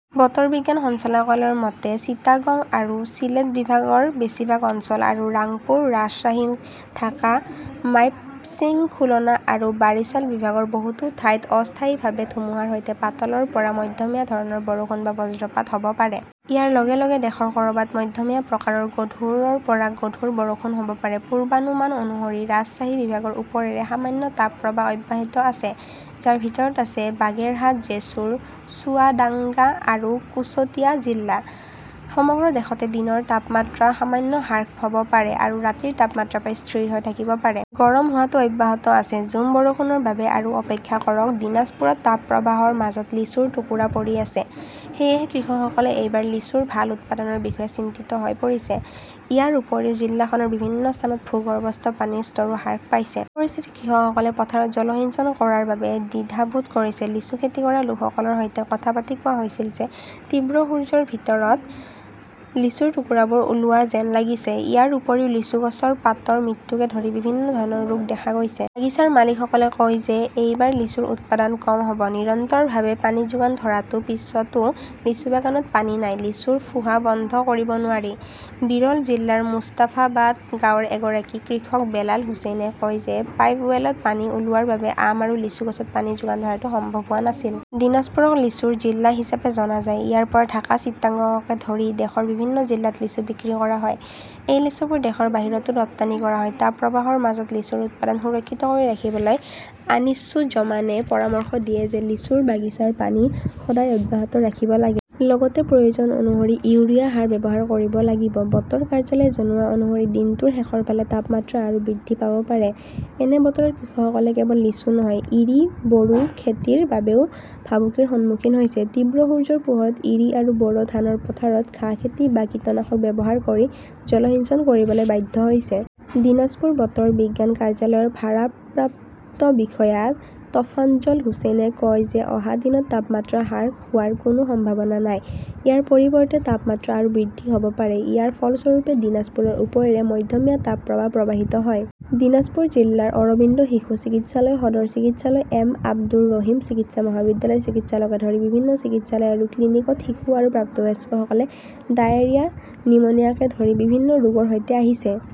বতৰ বিজ্ঞান সঞ্চালকালয়ৰ মতে, চিটাগং আৰু চিলেট বিভাগৰ বেছিভাগ অঞ্চল আৰু ৰাংপুৰ, ৰাজশ্বাহী, ঢাকা, মাইমশ্বিং, খুলনা আৰু বাৰিছাল বিভাগৰ বহুতো ঠাইত অস্থায়ীভাৱে ধুমুহাৰ সৈতে পাতলৰ পৰা মধ্যমীয়া ধৰণৰ বৰষুণ বা বজ্ৰপাত হ 'ব পাৰে। ইয়াৰ লগে লগে দেশৰ ক'ৰবাত মধ্যমীয়া প্ৰকাৰৰ গধুৰ পৰা গধুৰ বৰষুণ হ'ব পাৰে। পূৰ্বানুমান অনুসৰি, ৰাজশ্বাহী বিভাগৰ ওপৰেৰে সামান্য তাপপ্ৰবাহ অব্যাহত আছে, যাৰ ভিতৰত আছে বাগেৰহাট, জেছুৰ, চুৱাদাঙ্গা আৰু কুশটিয়া জিলা। সমগ্ৰ দেশতে দিনৰ তাপমাত্ৰা সামান্য হ্ৰাস হ'ব পাৰে আৰু ৰাতিৰ তাপমাত্ৰা প্ৰায় স্থিৰ হৈ থাকিব পাৰে। গৰম হোৱাটো অব্যাহত আছে, ঝুম বৰষুণৰ বাবে আৰু অপেক্ষা কৰক দীনাজপুৰত তাপপ্ৰবাহৰ মাজত লিচুৰ টুকুৰা পৰি আছে। সেয়েহে কৃষকসকলে এইবাৰ লিচুৰ ভাল উৎপাদনৰ বিষয়ে চিন্তিত হৈ পৰিছে। ইয়াৰ উপৰিও জিলাখনৰ বিভিন্ন স্থানত ভূগৰ্ভস্থ পানীৰ স্তৰো হ্ৰাস পাইছে। এনে পৰিস্থিতিত কৃষকসকলে পথাৰত জলসিঞ্চন কৰাৰ বাবে দ্বিধাবোধ কৰিছে। লিচু খেতি কৰা লোকসকলৰ সৈতে কথা পাতি কোৱা হৈছিল যে তীব্ৰ সূৰ্যৰ ভিতৰত লিচুৰ টুকুৰাবোৰ ওলোৱা যেন লাগিছে। ইয়াৰ উপৰিও, লিচু গছৰ পাতৰ মৃত্যুকে ধৰি বিভিন্ন ধৰণৰ ৰোগ দেখা গৈছে। বাগিছাৰ মালিকসকলে কয় যে এইবাৰ লিচুৰ উৎপাদন কম হ'ব। নিৰন্তৰভাৱে পানী যোগান ধৰাৰ পিছতো লিচু বাগিচাত পানী নাই। লিচুৰ ফোঁহা বন্ধ কৰিব নোৱাৰি। বিৰল জিলাৰ মোষ্টাফাবাদ গাঁৱৰ এগৰাকী কৃষক বেলাল হুচেইনে কয় যে পাইপৱেলত পানী ওলোৱাৰ বাবে আম আৰু লিচু গছত পানী যোগান ধৰাটো সম্ভৱ হোৱা নাছিল। দিনাজপুৰক লিচুৰ জিলা হিচাপে জনা যায়। ইয়াৰ পৰা ঢাকা-চিটাগংকে ধৰি দেশৰ বিভিন্ন জিলাত লিচু বিক্ৰী কৰা হয়। এই লিচুবোৰ দেশৰ বাহিৰতো ৰপ্তানি কৰা হয়। তাপপ্ৰবাহৰ মাজত লিচুৰ উৎপাদন সুৰক্ষিত কৰি ৰাখিবলৈ আনিছুজ্জমানে পৰামৰ্শ দিয়ে যে, লিচুৰ বাগিচাৰ পানী সদায় অব্যাহত ৰাখিব লাগে। লগতে প্ৰয়োজন অনুসৰি ইউৰিয়া সাৰ ব্যৱহাৰ কৰিব লাগিব। বতৰ কাৰ্যালয়ে জনোৱা অনুসৰি দিনটোৰ শেষৰ ফালে তাপমাত্ৰা আৰু বৃদ্ধি পাব পাৰে। এনে বতৰত কৃষকসকলে কেৱল লিচু নহয়, ইৰি-বৰো খেতিৰ বাবেও ভাবুকিৰ সন্মুখীন হৈছে। তীব্ৰ সূৰ্যৰ পোহৰত ইৰি আৰু বৰো ধানৰ পথাৰত ঘাঁহ খেতি বা কীটনাশক ব্যৱহাৰ কৰি জলসিঞ্চন কৰিবলৈ বাধ্য হৈছে। দিনাজপুৰ বতৰ বিজ্ঞান কাৰ্যালয়ৰ ভাৰপ্ৰাপ্ত বিষয়া টফাজ্জল হুচেইনে কয় যে, অহা দিনত তাপমাত্ৰা হ্ৰাস হোৱাৰ কোনো সম্ভাৱনা নাই, ইয়াৰ পৰিৱৰ্তে তাপমাত্ৰা আৰু বৃদ্ধি হ'ব পাৰে। ইয়াৰ ফলস্বৰূপে, দীনাজপুৰৰ ওপৰেৰে মধ্যমীয়া তাপপ্ৰবাহ প্ৰৱাহিত হয়। দিনাজপুৰ জিলাৰ অৰবিন্দ শিশু চিকিৎসালয়, সদৰ চিকিৎসালয়, এম. আব্দুৰ ৰহিম চিকিৎসা মহাবিদ্যালয় চিকিৎসালয়কে ধৰি বিভিন্ন চিকিৎসালয় আৰু ক্লিনিকত শিশু আৰু প্ৰাপ্তবয়স্কসকলে ডায়েৰিয়া, নিউমোনিয়াকে ধৰি বিভিন্ন ৰোগৰ সৈতে আহিছে।